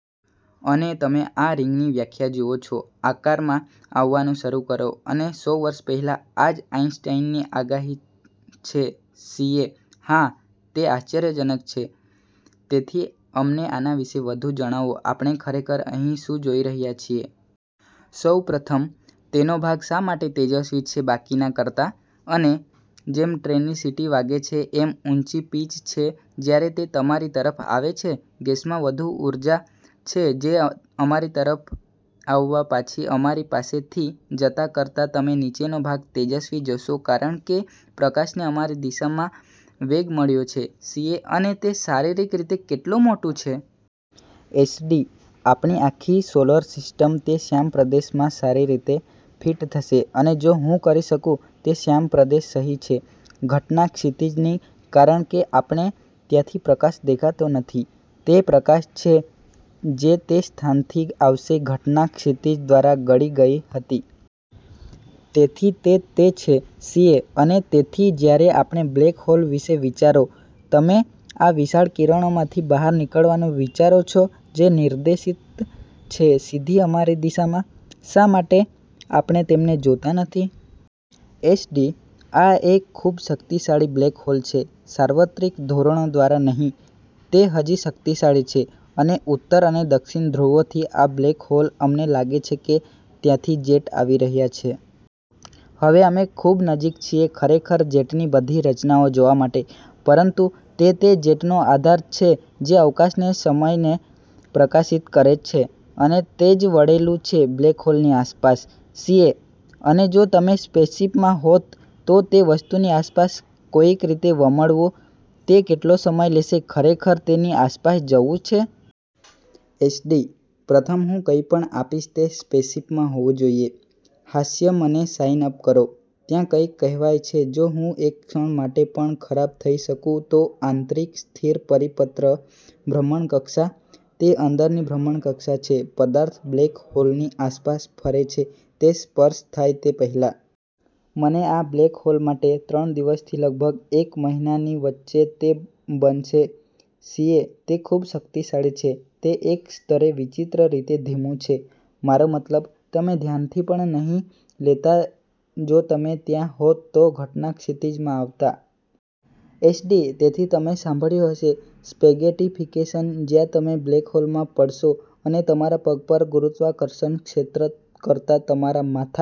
અને તમે આ રિંગની વ્યાખ્યા જુઓ છો આકારમાં આવવાનું શરૂ કરો. અને સો વર્ષ પહેલાં આ જ આઈન્સ્ટાઈનની આગાહી છે સીએ: હા, તે આશ્ચર્યજનક છે। તેથી અમને આના વિશે વધુ જણાવો આપણે ખરેખર અહીં શું જોઈ રહ્યા છીએ. સૌ પ્રથમ, તેનો ભાગ શા માટે તેજસ્વી છે બાકીના કરતાં? અને જેમ ટ્રેન ની સીટી વાગે છે એમ ઉંચી પિચ છે જ્યારે તે તમારી તરફ આવે છે, ગેસમાં વધુ ઉર્જા છે જે અમારી તરફ આવતા પાછી અમારી પાસેથી જતા કરતાં તમે નીચેનો ભાગ તેજસ્વી જોશો કારણ કે પ્રકાશ ને અમારી દિશામાં વેગ મળ્યો છે સીએ: અને તે શારીરિક રીતે કેટલું મોટું છે? એસડી: આપણી આખી સોલર સિસ્ટમ તે શ્યામ પ્રદેશમાં સારી રીતે ફિટ થશે. અને જો હું કરી શકું, તે શ્યામ પ્રદેશ સહી છે ઘટના ક્ષિતિજની કારણ કે આપણે ત્યાંથી પ્રકાશ દેખાતો નથી, તે પ્રકાશ છે જે તે સ્થાનથી આવશે ઘટના ક્ષિતિજ દ્વારા ગળી ગઈ હતી. તેથી તે તે છે. સીએ: અને તેથી જ્યારે આપણે બ્લેક હોલ વિશે વિચારો, તમે આ વિશાળ કિરણો માંથી બહાર નીકળવા નું વિચારો છો જે નિર્દેશિત છે સીધી અમારી દિશામાં. શા માટે આપણે તેમને જોતા નથી? એસડી: આ એક ખૂબ જ શક્તિશાળી બ્લેક હોલ છે. સાર્વત્રિક ધોરણો દ્વારા નહીં, તે હજી શક્તિશાળી છે, અને ઉત્તર અને દક્ષિણ ધ્રુવોથી આ બ્લેક હોલ અમને લાગે છે કે ત્યાંથી જેટ આવી રહ્યા છે. હવે, અમે ખૂબ નજીક છીએ ખરેખર જેટની બધી રચનાઓ જોવા માટે, પરંતુ તે તે જેટનો આધાર છે જે અવકાશ-સમયને પ્રકાશિત કરે છે. અને તે જ વળેલું છે બ્લેક હોલ ની આસપાસ. સીએ: અને જો તમે સ્પેસશીપમાં હોત તો તે વસ્તુની આસપાસ કોઈક રીતે વમળવું, તે કેટલો સમય લેશે ખરેખર તેની આસપાસ જવું છે? એસડી: પ્રથમ, હું કંઇપણ આપીશ તે સ્પેસશીપમાં હોવુ જોઇએ હાસ્ય મને સાઇન અપ કરો. ત્યાં કંઈક કહેવાય છે જો હું એક ક્ષણ માટે પણ ખરાબ થઈ શકું તો આંતરિક સ્થિર પરિપત્ર ભ્રમણકક્ષા, તે અંદરની ભ્રમણકક્ષા છે પદાર્થ બ્લેક હોલની આસપાસ ફરે છે તે સર્પ થાય તે પહેલાં. અને આ બ્લેક હોલ માટે, ત્રણ દિવસથી લગભગ એક મહિનાની વચ્ચે તે બનશે સીએ: તે ખૂબ શક્તિશાળી છે, તે એક સ્તરે વિચિત્ર રીતે ધીમું છે. મારો મતલબ, તમે ધ્યાન પણ નહીં લેતા જો તમે ત્યાં હોત તો ઘટના ક્ષિતિજ માં આવતા. એસ. ડી.: તેથી તમે સાંભળ્યું હશે "સ્પેગેટિફિકેશન," જ્યાં તમે બ્લેક હોલમાં પડશો અને તમારા પગ પર ગુરુત્વાકર્ષણ ક્ષેત્ર કરતાં તમારા માથા